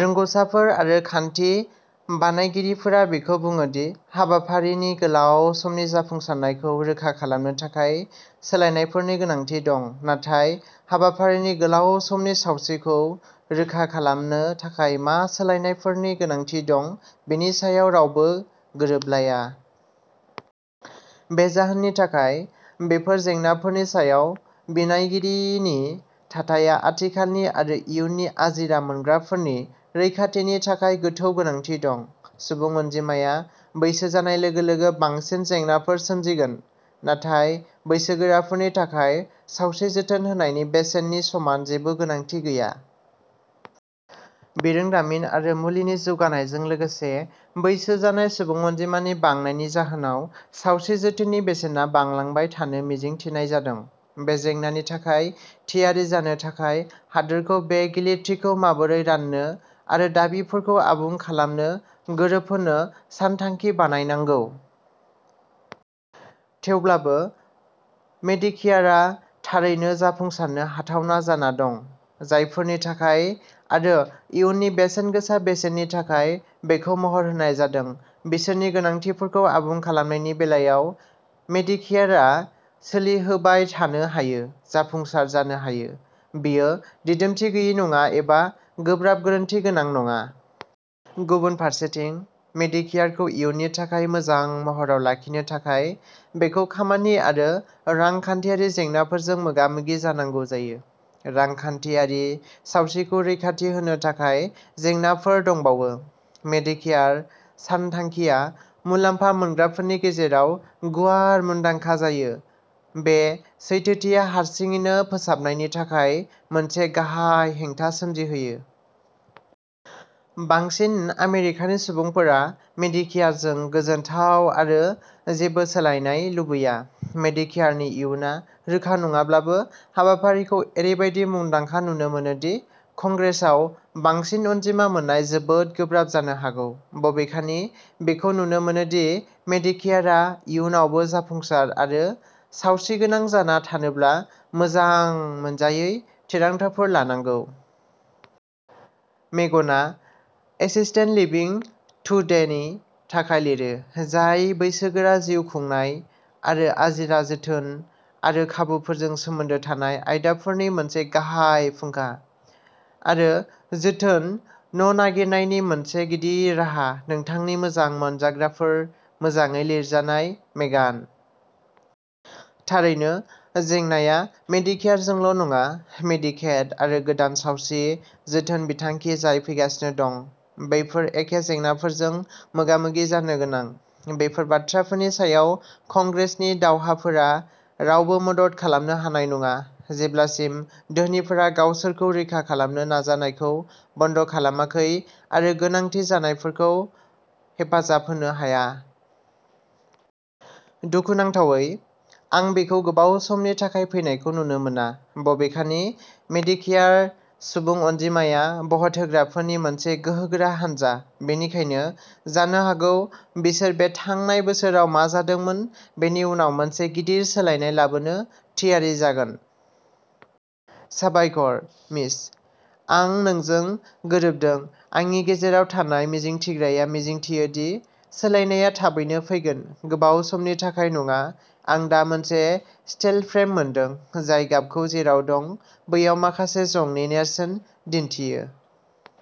रोंग'साफोर आरो खान्थि बानायगिरिफोरा बेखौ बुङो दि हाबाफारिनि गोलाव समनि जाफुंसारनायखौ रोखा खालामनो थाखाय सोलायनायफोरनि गोनांथि दं, नाथाय हाबाफारिनि गोलाव समनि सावस्रिखौ रोखा खालामनो थाखाय मा सोलायनायफोरनि गोनांथि दं बेनि सायाव रावबो गोरोबलाया। बे जाहोननि थाखाय, बेफोर जेंनाफोरनि सायाव बिनायगिरिनि थाथाइया आथिखालनि आरो इयुननि आजिरा मोनग्राफोरनि रैखाथिनि थाखाय गोथौ गोनांथि दं। सुबुं अनजिमाया बैसो जानाय लोगो-लोगो बांसिन जेंनाफोर सोमजिगोन, नाथाय बैसोगोराफोरनि थाखाय सावस्रि जोथोन होनायनि बेसेननि समान जेबो गोनांथि गैया। बिरोंदामिन आरो मुलिनि जौगानायजों लोगोसे बैसो जानाय सुबुं अनजिमानि बांनायनि जाहोनाव, सावस्रि जोथोननि बेसेना बांलांबाय थानो मिजिं थिनाय जादों। बे जेंनानि थाखाय थियारि जानो थाखाय हादोरखौ बे गिलिरथिखौ माबोरै राननो आरो दाबिफोरखौ आबुं खालामनो गोरोबहोनो सानथांखि बानायनांगौ। थेवब्लाबो, मेडिकेयारआ थारैनो जाफुंसारनो हाथावना जाना दं। जायफोरनि थाखाय आरो इयुननि बेसेनगोसा बेसेननि थाखाय बेखौ महर होनाय जादों, बिसोरनि गोनांथिफोरखौ आबुं खालामनायनि बेलायाव, मेडिकेयारआ सोलिहोबाय थानो हायो। जाफुंसार जानो हायो। बेयो दिदोमथि गैयै नङा एबा गोब्राब गोरोन्थि गोनां नङा। गुबुन फारसेथिं, मेडिकेयारखौ इयुननि थाखाय मोजां महराव लाखिनो थाखाय, बेखौ खामानि आरो रांखान्थियारि जेंनाफोरजों मोगा-मोगि जानांगौ जायो। रांखान्थियारि सावस्रिखौ रैखाथि होनो थाखाय जेंनाफोर दंबावो। मेडिकेयार सानथांखिआ मुलामफा मोनग्राफोरनि गेजेराव गुवार मुंदांखा जायो। बे सैथोथिया हारसिङैनो फोसाबनायनि थाखाय मोनसे गाहाय हेंथा सोमजिहोयो। बांसिन आमेरिकानि सुबुंफोरा मेडिकेयारजों गोजोनथाव आरो जेबो सोलायनाय लुबैया। मेडिकेयारनि इयुनआ रोखा नङाब्लाबो, हाबाफारिखौ ओरैबायदि मुंदांखा नुनो मोनो दि कंग्रेसआव बांसिन अनजिमा मोननाया जोबोद गोब्राब जानो हागौ। बबेखानि, बेखौ नुनो मोनो दि मेडिकेयारआ इयुनावबो जाफुंसार आरो सावस्रिगोनां जाना थानोब्ला मोजां मोनजायै थिरांथाफोर लानांगौ। मेगनआ एसिस्टेड लिभिं टुडेनि थाखाय लिरो, जाय बैसोगोरा जिउ खुंनाय आरो आजिरा जोथोन आरो खाबुफोरजों सोमोन्दो थानाय आयदाफोरनि मोनसे गाहाय फुंखा आरो जोथोन न'नागिरनायनि मोनसे गिदिर राहा। नोंथांनि मोजां मोनजाग्राफोर। मोजाङै लिरजानाय मेगान। थारैनो, जेंनाआ मेडिकेयारजोंल'नङा। मेडिकेड आरो गोदान सावस्रि जोथोन बिथांखि जाय फैगासिनो दं, बेफोर एखे जेंनाफोरजों मोगा-मोगि जानो गोनां। बेफोर बाथ्राफोरनि सायाव कंग्रेसनि दावहाफोरा रावबो मदद खालामनो हानाय नङा, जेब्लासिम धोनिफोरा गावसोरखौ रैखा खालामनो नाजानायखौ बन्द'खालामाखै आरो गोनांथि जानायफोरखौ हेफाजाब होनो हाया। दुखुनांथावै, आं बेखौ गोबाव समनि थाखाय फैनायखौ नुनो मोना। बबेखानि, मेडिकेयार सुबुं अनजिमाया भट होग्राफोरनि मोनसे गोहोगोरा हानजा, बेनिखायनो जानो हागौ बिसोर बे थांनाय बोसोराव मा जादोंमोन बेनि उनाव मोनसे गिदिर सोलायनाय लाबोनो थियारि जागोन। साबायखर, मिच। आं नोंजों गोरोबदों। आंनि गेजेराव थानाय मिजिंथिग्राया मिजिंथियो दि सोलायनायआ थाबैनो फैगोन, गोबाव समनि थाखाय नङा! आं दा मोनसे स्टेल फ्रेम मोनदों, जाय गाबखौ जेराव दं, बैयाव माखासे जंनि नेरसोन दिन्थियो।